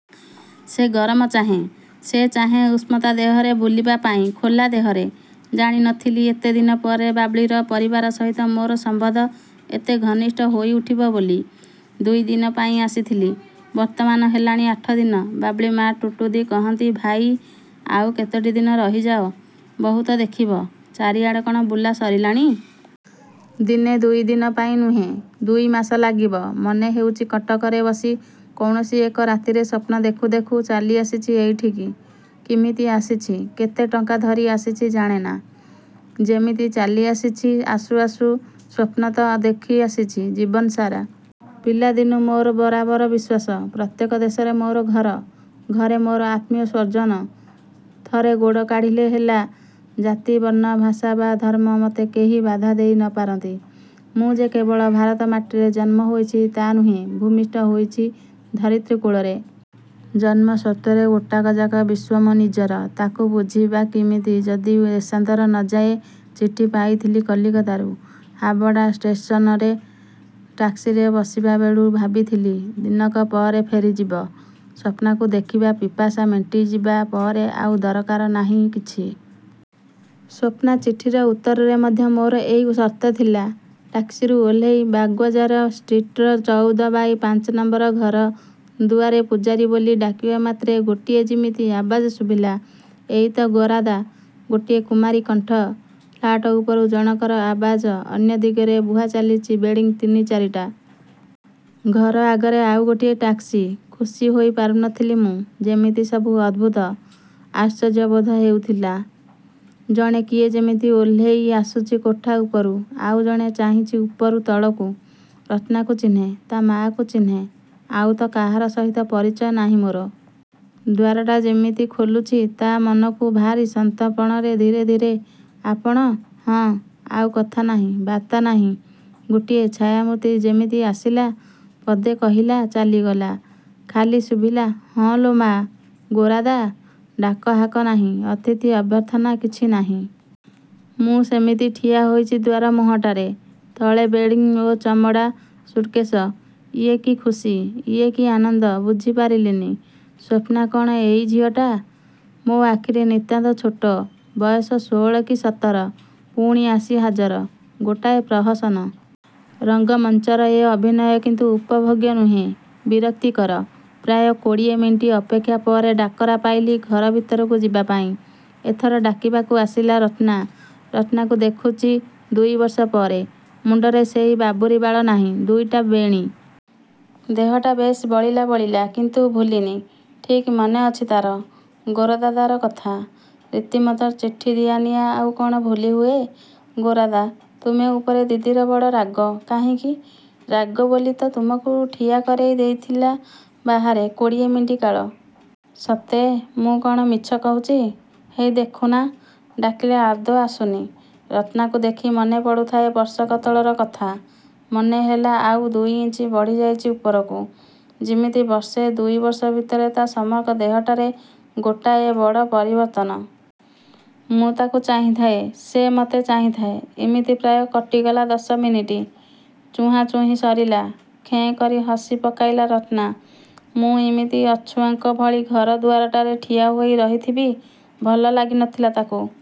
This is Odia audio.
ସେ ଗରମ ଚାହେଁ। ସେ ଚାହେଁ ଉଷ୍ଣତା ଭିତରେ ବୁଲିବା ପାଇଁ ଖୋଲା ଦେହରେ। ଜାଣି ନ ଥିଲି ଏତେଦିନ ପରେ ବାବ୍ଲିର ପରିବାର ସହିତ ମୋର ସମ୍ବନ୍ଧ ଏତେ ଘନିଷ୍ଠ ହୋଇଉଠିବ ବୋଲି। ଦୁଇଦିନ ପାଇଁ ଆସିଥିଲି, ବର୍ତ୍ତମାନ ହେଲାଣି ଆଠଦିନ। ବାବ୍ଲି ମାଆ ଟୁଟୁଦି କହନ୍ତି–ଭାଇ, ଆଉ କେତୋଟି ଦିନ ରହିଯାଅ, ବହୁତ ଦେଖିବ, ଚାରିଆଡ଼ କ'ଣ ବୁଲା ସରିଲାଣି? ଦିନେ ଦୁଇ ଦିନ ପାଇଁ ନୁହେଁ, ଦୁଇ ମାସ ଲାଗିବ। ମନେ ହେଉଚି କଟକରେ ବସି କୌଣସି ଏକ ରାତିରେ ସ୍ୱପ୍ନ ଦେଖୁ ଦେଖୁ ଚାଲିଆସିଛି ଏଇଠିକି। କିମିତି ଆସିଛି, କେତେ ଟଙ୍କା ଧରି ଆସିଛି ଜାଣେନା। ଯେମିତି ଚାଲିଆସିଛି ଆସୁ ଆସୁ। ସ୍ୱପ୍ନ ତ ଦେଖିଆସିଛି ଜୀବନ ସାରା। ପିଲାଦିନୁ ମୋର ବରାବର ବିଶ୍ୱାସ, ପ୍ରତ୍ୟେକ ଦେଶରେ ମୋର ଘର; ଘରେ ମୋର ଆତ୍ମୀୟସ୍ୱଜନ। ଥରେ ଗୋଡ଼ କାଢ଼ିଲେ ହେଲା। ଜାତି, ବର୍ଣ୍ଣ, ଭାଷା ବା ଧର୍ମ ମତେ କେହି ବାଧା ଦେଇ ନ ପାରନ୍ତି। ମୁଁ ଯେ କେବଳ ଭାରତ ମାଟିରେ ଜନ୍ମ ହୋଇଛି ତା ନୁହେ, ଭୂମିଷ୍ଠ ହୋଇଛି ଧରିତ୍ରୀ କୋଳରେ। ଜନ୍ମ ସ୍ୱତ୍ୱରେ ଗୋଟାକଯାକ ବିଶ୍ୱ ମୋ ନିଜର। ତାକୁ ବୁଝିବି ବା କିମିତି ଯଦି ଦେଶାନ୍ତର ନ ଯାଏ। ଚିଠି ପାଇଥିଲି କଲିକତାରୁ। ହାବଡ଼ା ଷ୍ଟେସନରେ ଟାକ୍ସିରେ ବସିବାବେଳୁ ଭାବିଥିଲି, ଦିନକ ପରେ ଫେରିଯିବ। ସ୍ୱପ୍ନାକୁ ଦେଖିବା ପିପାସା ମେଣ୍ଟିଯିବା ପରେ ଆଉ ଦରକାର ନାହିଁ କିଛି-। ସ୍ୱପ୍ନା ଚିଠିର ଉତ୍ତରରେ ମଧ୍ୟ ମୋର ଏଇ ସର୍ତ୍ତ ଥିଲା। ଟାକ୍ସିରୁ ଓହ୍ଲେଇ ବାଗ୍ବଜାର ଷ୍ଟ୍ରିଟ୍ର ଚଉଦ ବାଇ ପାଞ୍ଚ ନମ୍ବର ଘର ଦୁଆରେ ପୂଜାରୀ ବୋଲି ଡ଼ାକିବା ମାତ୍ରେ ଗୋଟାଏ ଯିମିତି ଆବାଜ ଶୁଭିଲା–ଏଇ ତ ଗୋରାଦା। ଗୋଟିଏ କୁମାରୀ କଣ୍ଠ, ଫ୍ଲାଟ ଉପରୁ ଜଣଙ୍କର ଆବାଜ, ଅନ୍ୟାଦିଗରେ ବୁହାଚାଲିଚି ବେଡ଼ିଂ ତିନି ଚାରିଟା। ଘର ଆଗରେ ଆଉ ଗୋଟାଏ ଟାକ୍ସି-। ଖୁସି ହୋଇପାରୁ ନ ଥିଲି ମୁଁ। ଯେମିତି ସବୁ ଅଦ୍ଭୁତ, ଆଶ୍ଚର୍ଯ୍ୟବୋଧ ହେଉଥିଲା। ଜଣେ କିଏ ଯେମିତି ଓହ୍ଲେଇ ଆସୁଛି କୋଠା ଉପରୁ, ଆଉ ଜଣେ ଚାହିଁଛି ଉପରୁ ତଳକୁ। ରତ୍ନାକୁ ଚିହ୍ନେ, ତା ମାଆକୁ ଚିହ୍ନେ, ଆଉ ତ କାହାର ସହିତ ପରିଚୟ ନାହିଁ ମୋର। ଦ୍ୱାରଟା ଯେମିତି ଖୋଲୁଛି ତା ମନକୁ, ଭାରି ସନ୍ତର୍ପଣରେ ଧୀରେ ଧୀରେ। ''ଆପଣ? '' ''ହଁ। '' ଆଉ କଥା ନାହିଁ, ବାର୍ତ୍ତା ନାହିଁ। ଗୋଟାଏ ଛାୟାମୂର୍ତ୍ତି ଯେମିତି ଆସିଲା, ପଦେ କହିଲା, ଚାଲିଗଲା। ଖାଲି ଶୁଭିଲା–''ହଁ ଲୋ ମା, ଗୋରାଦା। '' ଡାକହାକ ନାହିଁ, ଅତିଥି ଅଭ୍ୟର୍ଥନା କିଛି ନାହିଁ। ମୁଁ ସେମିତି ଠିଆହୋଇଛି ଦ୍ୱାର ମୁହଁଟାରେ। ତଳେ ବେଡ଼ିଂ ଓ ଚମଡ଼ା ସୁଟ୍କେଶ। ଇଏ କି ଖୁସି, ଇଏ କି ଆନନ୍ଦ ବୁଝିପାରିଲିନି। ସ୍ୱପ୍ନା କ'ଣ ଏଇ ଝିଅଟା? ମୋ ଆଖିରେ ନିତାନ୍ତ ଛୋଟ, ବୟସ ଷୋଳ କି ସତର। ପୁଣି ଆସି ହାଜର। ଗୋଟାଏ ପ୍ରହସନ। ରଙ୍ଗମଞ୍ଚର ଏ ଅଭିନୟ କିନ୍ତୁ ଉପଭୋଗ୍ୟ ନୁହେଁ, ବିରକ୍ତିକର। ପ୍ରାୟ କୋଡ଼ିଏ ମିନିଟ ଅପେକ୍ଷା ପରେ ଡାକରା ପାଇଲି ଘର ଭିତରକୁ ଯିବା ପାଇଁ। ଏଥର ଡାକିବାକୁ ଆସିଲା ରତ୍ନା। ରତ୍ନାକୁ ଦେଖୁଚି ଦୁଇ ବର୍ଷ ପରେ। ମୁଣ୍ଡରେ ସେଇ ବାବୁରି ବାଳ ନାହିଁ। ଦୁଇଟା ବେଣୀ। ଦେହଟା ବେଶ୍ ବଳିଲା ବଳିଲା। କିନ୍ତୁ ଭୁଲିନି। ଠିକ୍ ମନେ ଅଛି ତାର ଗୋରାଦାଦାର କଥା। ରୀତିମତ ଚିଠି ଦିଆନିଆ, ଆଉ କ'ଣ ଭୁଲି ହୁଏ? ''ଗୋରାଦା, ତୁମ ଉପରେ ଦିଦିର ବଡ଼ ରାଗ। '' ''କାହିଁକି? '' ''ରାଗ ବୋଲି ତ ତୁମକୁ ଠିଆକରେଇ ଦେଇଥିଲା ବାହାରେ କୋଡ଼ିଏ ମିନିଟ କାଳ। '' ''ସତେ? '' ''ମୁଁ କ'ଣ ମିଛ କହୁଚି? ହେଇ ଦେଖୁନା, ଡ଼ାକିଲେ ଆଦୌ ଆସୁନି। '' ରତ୍ନାକୁ ଦେଖି ମନେ ପଡ଼ୁଥାଏ ବର୍ଷକ ତଳର କଥା। ମନେ, ହେଲା, ଆଉ ଦୁଇଇଞ୍ଚ ବଢ଼ିଯାଇଚି ଉପରକୁ। ଯିମିତି ବର୍ଷେ ଦୁଇ ବର୍ଷ ଭିତରେ ତା ସମଗ୍ର ଦେହଟାରେ ଗୋଟାଏ ବଡ଼ ପରିବର୍ତ୍ତନ। ମୁଁ ତାକୁ ଚାହିଁଥାଏ, ସେ ମତେ ଚାହିଁଥାଏ–ଇମିତି ପ୍ରାୟ କଟିଗଲା ଦଶ ମିନିଟ। ଚୁହାଁଚୁହିଁ ସରିଲା; ଖେଁ କରି ହସି ପକାଇଲା ରତ୍ନା। ମୁଁ ଇମିତି ଅଛୁଆଁଙ୍କ ଭଳି ଘର ଦୁଆରଟାରେ ଠିଆହୋଇ ରହିଥିବି, ଭଲ ଲାଗି ନଥିଲା ତାକୁ।